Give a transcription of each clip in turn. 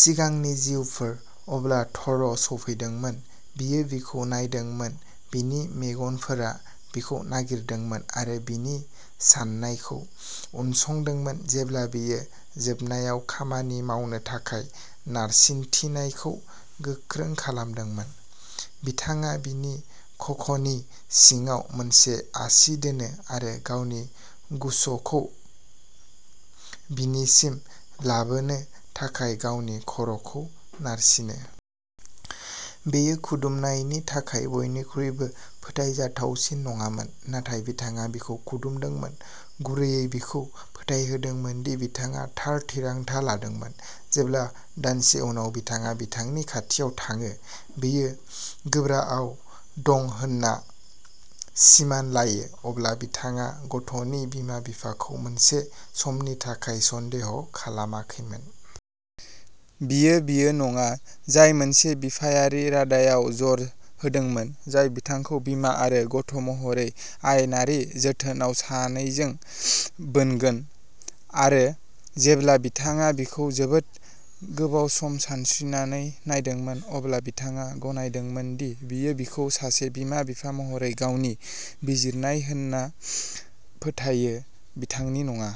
सिगांनि जिउफोर। अब्ला थ'र सौफैदोंमोन। बियो बिखौ नायदोंमोन, बिनि मेगनफोरा बिखौ नागिरदोंमोन, आरो बिनि साननायखौ उनसंदोंमोन जेब्ला बियो जोबनायाव खामानि मावनो थाखाय नारसिन्थिनायखौ गोख्रों खालामदोंमोन। बिथाङा बिनि खख'नि सिङाव मोनसे आसि दोनो, आरो गावनि गुस'खौ बिनिसिम लाबोनो थाखाय गावनि खर'खौ नारसिनो। बेयो खुदुमनायनि थाखाय बयनिख्रुइबो फोथायजाथावसिन नङामोन, नाथाय बिथाङा बिखौ खुदुमदोंमोन, गुरैयै बिखौ फोथायहोदोंमोन दि बिथाङा थार थिरांथा लादोंमोन। जेब्ला, दानसे उनाव, बिथाङा बिथांनि खाथियाव थाङो, बियो गोर्बोआव दं होन्ना सिमान लायो, अब्ला बिथाङा गथ'नि बिमा-बिफाखौ मोनसे समनि थाखाय सन्देह खालामाखैमोन। बियो, बियो नङा, जाय मोनसे बिफायारि रादायआव जर होदोंमोन, जाय बिथांखौ बिमा आरो गथ'महरै, आयेनारि जोथोनआव, सानैजों बोनगोन। आरो जेब्ला बिथाङा बिखौ जोबोद गोबाव सम सानस्रिनानै नायदोंमोन, अब्ला बिथाङा गनायदोंमोन दि बियो बेखौ सासे बिमा-बिफा महरै गावनि बिजिरनाय होनना फोथायो, बिथांनि नङा।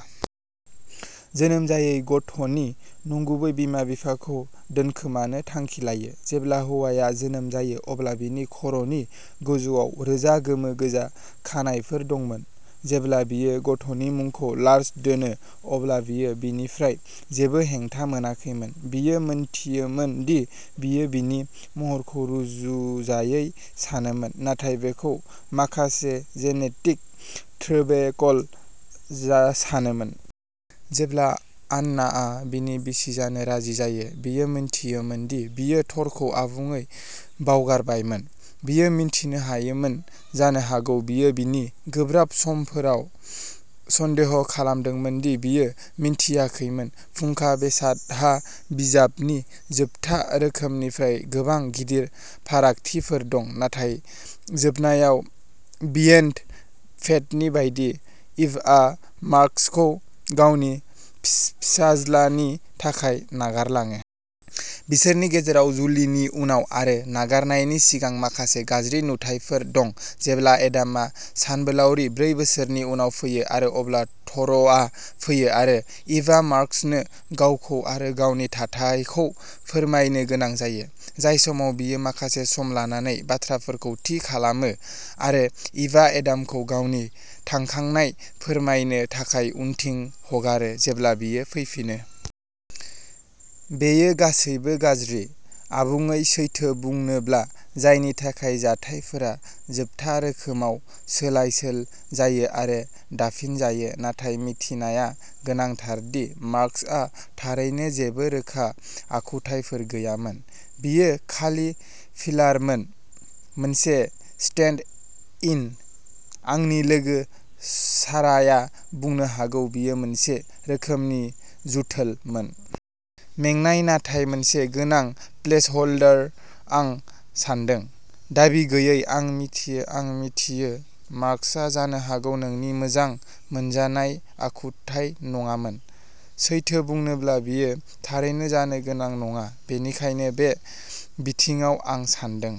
जोनोम जायै गथ'नि नंगुबै बिमा-बिफाखौ दोनखोमानो थांखि लायो। जेब्ला हौवाया जोनोम जायो, अब्ला बिनि खर'नि गोजौआव रोजा गोमो-गोजा खानाइफोर दंमोन। जेब्ला बियो गथ'नि मुंखौ लार्स दोनो, अब्ला बियो बेनिफ्राय जेबो हेंथा मोनाखैमोन, बियो मोनथियोमोन दि बियो बिनि महरखौ रुजुजायै सानोमोन, नाथाय बेखौ माखासे जेनेटिक थ्रोबेकल'सानोमोन। जेब्ला आन्नाआ बिनि बिसि जानो राजि जायो, बियो मोनथियोमोन दि बियो थरखौ आबुङै बावगारबायमोन। बियो मिन्थिनो हायामोन, जानो हागौ बियो बिनि गोब्राब समफोराव सन्देह खालामदोंमोन दि बियो मिन्थियाखैमोन। फुंखा बेसादहा बिजाबनि जोबथा रोखोमनिफ्राय गोबां गिदिर फारागथिफोर दं नाथाय जोबनायाव, बियन्ड फेटनि बायदि, इभआ मार्कसखौ गावनि फिसाज्लानि थाखाय नागारलाङो। बिसोरनि गेजेराव जुलिनि उनाव आरो नागारनायनि सिगां माखासे गाज्रि नुथायफोर दं, जेब्ला एडामा सानबोलावरि ब्रै बोसोरनि उनाव फैयो, आरो अब्ला थ'रआ फैयो, आरो इभआ मार्कसनो गावखौ आरो गावनि थाथायखौ फोरमायनो गोनां जायो, जाय समाव बियो माखासे सम लानानै बाथ्राफोरखौ थि खालामो, आरो इभआ एडामखौ गावनि थांखांनाय फोरमायनो थाखाय उनथिं हगारो जेब्ला बियो फैफिनो। बेयो गासैबो गाज्रि, आबुङै सैथो बुंनोब्ला, जायनि थाखाय जाथायफोरा जोबथा रोखोमाव सोलाय-सोल'जायो आरो दाफिनजायो, नाथाय मिथिनाया गोनांथार दि मार्कसहा थारैनो जेबो रोखा आखुथायफोर गैयामोन। बियो खालि फिलारमोन। मोनसे स्टेन्ड इन। आंनि लोगो साराया बुंनो हागौ-- बियो मोनसे रोखोमनि जुथोल'मोन। मेंनाय नाथाय मोनसे गोनां प्लेसहोल्डार, आं सान्दों। दाबि गैयैः आं मिथियो, आं मिथियो। मार्कसआ जानो हागौ नोंनि मोजां मोनजानाय आखुथाय नङामोन। सैथो बुंनोब्ला, बियो थारैनो जानो गोनां नङा, बेनिखायनो बे बिथिङाव, आं सान्दों।